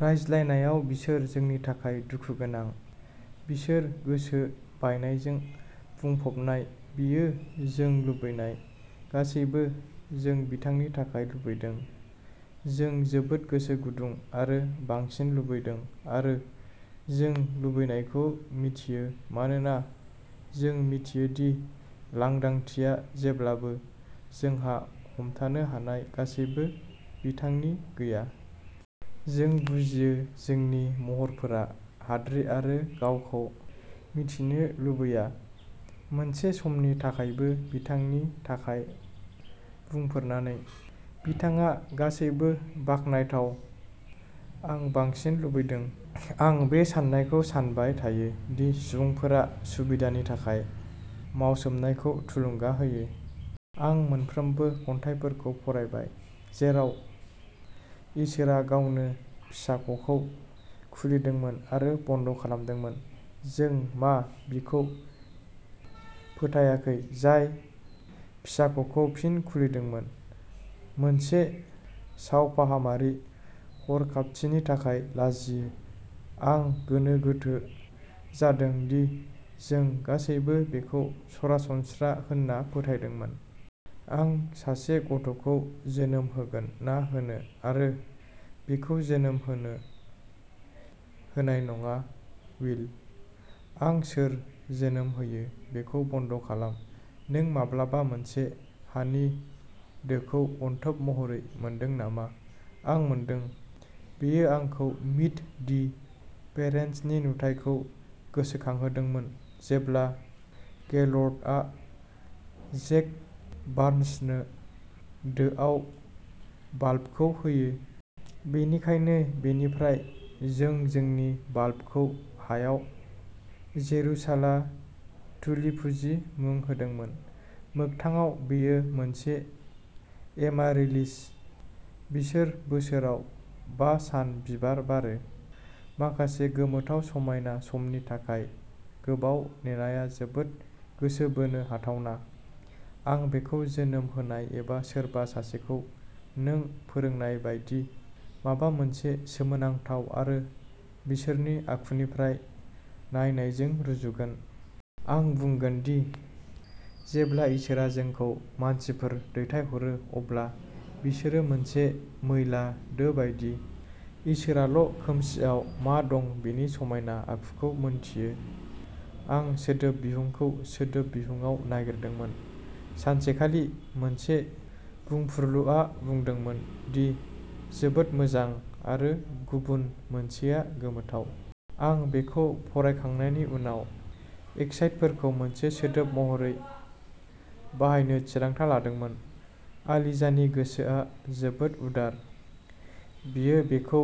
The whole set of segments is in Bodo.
रायज्लायनायाव बिसोर जोंनि थाखाय दुखुगोनां बिसोर गोसो बायनायजों बुंफबनाय बियो जों लुबैनाय गासैबो जों बिथांनि थाखाय लुबैदों। जों जोबोद गोसो गुदुं आरो बांसिन लुबैदों आरो जों लुबैनायखौ मिथियो मानोना जों मिथियो दि लांदांथिया जेब्लाबो जोंहा हमथानो हानाय गासैबो बिथांनि गैया। जों बुजियो जोंनि महरफोरा हाद्रि आरो गावखौ मिथिनो लुबैया मोनसे समनि थाखायबो बिथांनि थाखाय बुंफोरनानै। बिथाङा गासैबो बाखनायथाव आं बांसिन लुबैदों। आं बे साननायखौ सानबाय थायो दि सुबुंफोरा सुबिदानि थाखाय मावसोमनायखौ थुलुंगा होयो। आं मोनफ्रोमबो खन्थाइखौ फरायबाय जेराव इसोरआ गावनो फिसाख'खौ खुलिदोंमोन आरो बन्द खालामदोंमोन। जों मा बिखौ फोथायाखै जाय फिसाख'खौ फिन खुलिदोंमोन मोनसे सावफाहामारि हरखाबथिनि थाखाय लाजियो आं गोनो गोथो जादों दि जों गासैबो बेखौ सरासनस्रा होन्ना फोथायदोंमोन। आं सासे गथ'खौ जोनोम होगोन ना होनो आरो बिखौ जोनोम होनो होनाय नङा विल। आं सोर जोनोम होयो बेखौ बन्द खालाम नों माब्लाबा मोनसे हानि दोखौ अनथोब महरै मोनदों नामा? आं मोनदों। बेयो आंखौ मीट दि पेरेन्ट्सनि नुथायखौ गोसोखांहोदोंमोन जेब्ला गेलर्डआ जेक बार्न्स नो दोआव बाल्बखौ होयो। बेनिखायनो, बेनिफ्राय जों जोंनि बाल्बखौ हायाव जेरुसाला तुलिपुजि मुं होदोंमोन। मोगथाङाव, बेयो मोनसे एमारिलिस। बिसोर बोसोराव बा सान बिबार बारो। माखासे गोमोथाव समायना समनि थाखाय गोबाव नेनाया जोबोद गोसो बोनो हाथावना। आं बेखौ जोनोम होनाय एबा सोरबा सासेखौ नों फोरोंनाय बायदि माबा मोनसे सोमोनांथाव आरो बिसोरनि आखुनिफ्राय नायनायजों रुजुगोन। आं बुंगोनदि जेब्ला इसोरआ जोंखौ मानसिफोर दैथायहरो अब्ला बिसोरो मोनसे मैला दो बायदि। इसोराल'खोमसिआव मा दं बेनि समायना आखुखौ मिन्थियो। आं सोदोब बिहुंखौ सोदोब बिहुंआव नागिरदोंमोन। सानसेखालि। मोनसे बुंफुरलुआ बुंदोंमोन दि जोबोद मोजां आरो गुबुन मोनसेया गोमोथाव। आं बेखौ फरायखांनायनि उनाव एक्साइटफोरखौ मोनसे सोदोब महरै बाहायनो थिरांथा लादोंमोन। आलिजानि गोसोआ जोबोद उदार। बियो बेखौ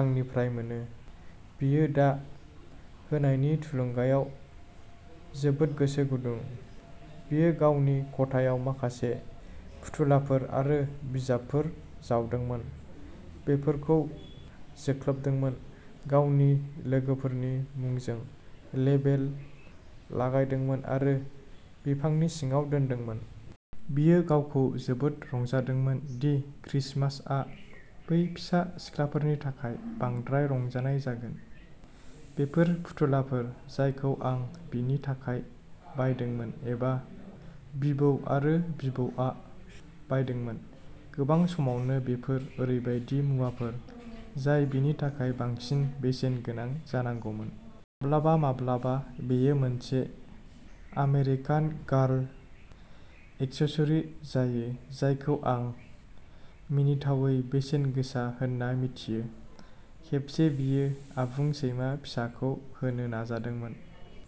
आंनिफ्राय मोनो। बियो दा होनायनि थुलुंगायाव जोबोद गोसो गुदुं। बियो गावनि खथायाव माखासे फुथुलाफोर आरो बिजाबफोर जावदोंमोन, बेफोरखौ जोख्लोबदोंमोन, गावनि लोगोफोरनि मुंजों लेबेल लागायदोंमोन आरो बिफांनि सिङाव दोनदोंमोन। बियो गावखौ जोबोद रंजादोंमोन दि क्रिसमासआ बै फिसा सिख्लाफोरनि थाखाय बांद्राय रंजानाय जागोन। बेफोर फुथुलाफोर जायखौ आं बिनि थाखाय बायदोंमोन एबा बिबौ आरो बिबौआ बायदोंमोन। गोबां समावनो बेफोर ओरैबायदि मुवाफोर जाय बिनि थाखाय बांसिन बेसेन गोनां जानांगौमोन। माब्लाबा माब्लाबा बेयो मोनसे आमेरिकान गार्ल एक्सेसरी जायो जायखौ आं मिनिथावै बेसेन गोसा होन्ना मिथियो। खेबसे बियो आबुं सैमा फिसाखौ होनो नाजादोंमोन।